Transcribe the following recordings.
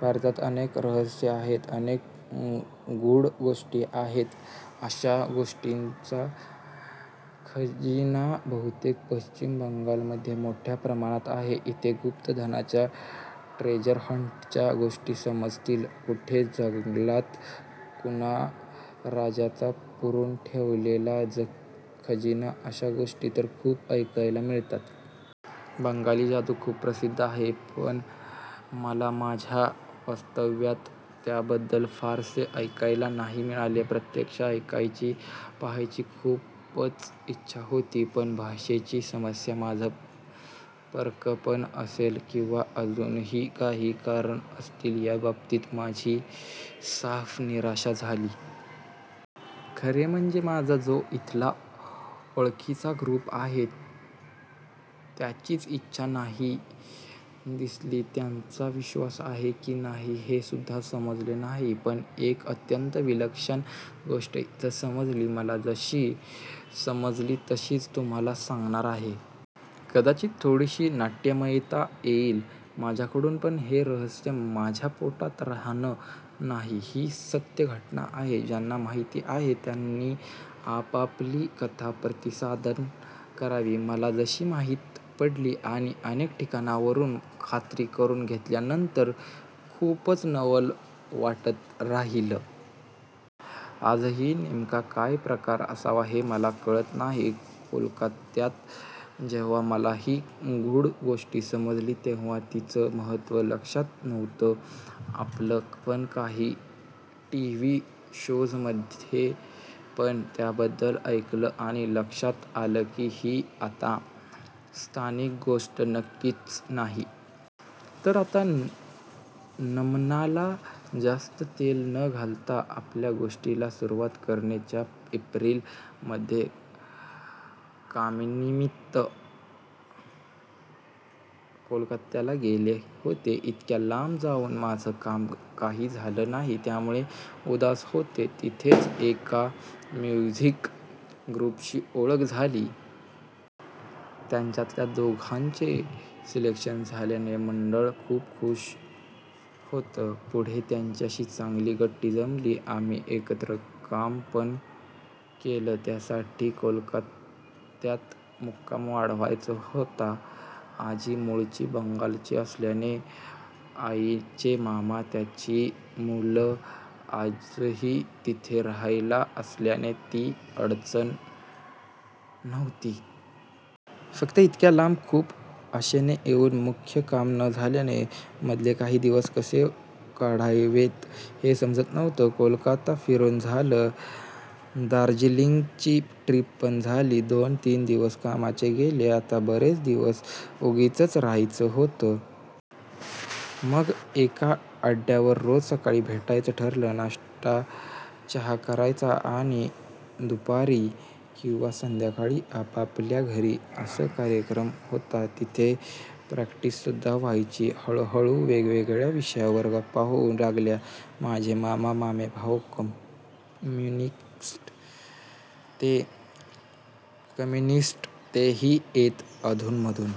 भारतात अनेक रहस्यं आहेत. अनेक गूढ गोष्टी आहेत. या अशा गोष्टींचा खजिना बहुतेक पश्चिम बंगाल मधे मोठ्या प्रमाणात आहे. इथे गुप्त धनाच्या, ट्रेजर हंटच्या गोष्टी समजतील, कुठे जंगलात कुणा राजाचा पुरून ठेवलेला खजिना अशा गोष्टी तर खूप ऐकायला मिळतात. बंगाली जादू खूप प्रसिद्ध आहे. पण मला माझ्या वास्तव्यात त्याबद्दल फारसे ऐकायला नाही मिळाले. प्रत्यक्ष ऐकायची पहायची खूपच इच्छा होती. पण भाषेची समस्या, माझं परकंपण असेल किंवा अजून काही कारणं असतील या बाबतीत माझी साफ निराशा झाला. खरे म्हणजे माझा जो इथला ओळखीचा ग्रुप आहे त्यांचीच इच्छा नाही दिसली. त्यांचा विश्वास आहे कि नाही हे सुद्धा समजले नाही. पण एक अत्यंत विलक्षण गोष्ट इथे समजली. मला जशी समजली तशीच तुम्हाला सांगणार आहे. कदाचित थोडीशी नाट्यमयता येईल माझ्याकडून. पण हे रहस्य माझ्या पोटात राहणारं नाही. ही सत्य घटना आहे. ज्यांना माहीत आहे त्यांनी आपापली कथा प्रतिसादात सांगावी. मला जशी माहीत पडली आणि अनेक ठिकाणावरून खात्री करून घेतल्यानंतर खूपच नवल वाटत राहीलं. आजही नेमका काय प्रकार असावा हे मला कळत नाही. कोलकात्यात जेव्हां मला ही गूढ गोष्ट समजली तेव्हां तिचं महत्व लक्षात नव्हतं आलं. पण काही टीव्ही शोज मधे पण त्याबद्दल ऐकलं आणि लक्षात आलं की ही आता स्थानिक गोष्ट नक्कीच नाही. तर आता नमनाला जास्त तेल न घालता आपल्या गोष्टीला सुरूवात करते. च्या एप्रिल मधे कामानिमित्त कोलकत्याला गेले होते. इतक्या लांबून जाऊन माझं काम काही झालं नाही. त्यामुळे उदास होते. तिथेच एका म्युझिक ग्रुपशी ओळख झाली. त्यांच्यातल्या दोघांचे सिलेक्शन झाल्याने मंडळ खूष होतं. पुढे त्यांच्याशी चांगली गट्टी जमली. आम्ही एकत्र काम पण केलं. त्यासाठी कोलकात्यात मुक्काम वाढवायचा होता. आजी मूळची बंगाली असल्याने आईचे मामा, त्यांची मुलं आजही तिथे रहायला असल्याने ती अडचण नव्हती. फक्त इतक्या लांबून खूप आशेने येऊन मुख्य काम न झाल्याने मधले काही दिवस कसे काढावेत हे समजत नव्हतं. कोलकाता फिरून झालं. दार्जिलिंगची ट्रीप पण झाली. दोन तीन दिवस कामाचे गेले. आता बरेच दिवस उगीचच रहायचं होतं. मग एका अड्ड्यावर रोज सकाळी भेटायचं ठरलं. नाश्ता चहा करायचा आणि दुपारी किंवा संध्याकाळी आपापल्या घरी असा कार्यक्रम होता. तिथे प्रॅक्टीस सुद्धा व्हायची. हळूहळू वेगवेगळ्या विषयांवर गप्पा होऊ लागल्या. माझे मामे-मामेभाऊ कम्युनिस्ट. ते ही येत अधून मधून.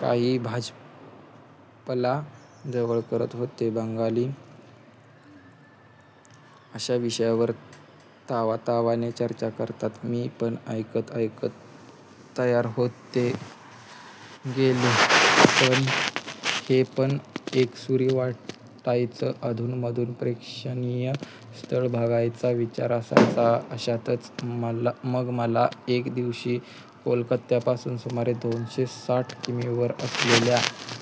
काही भाजपला जवळ करत होते. बंगाली अशा विषयावर तावातावाने चर्चा करतात. मी पण ऐकत ऐकत तयार होते गेले. पण हे पण एकसुरी वाटायचं. अधून मधून प्रेक्षणीय स्थळं बघायचा विचार यायचा. अशातच मग मला एक दिवस कोलकात्यापासून सुमारे दोनशे साठ किमी वर असलेल्या,--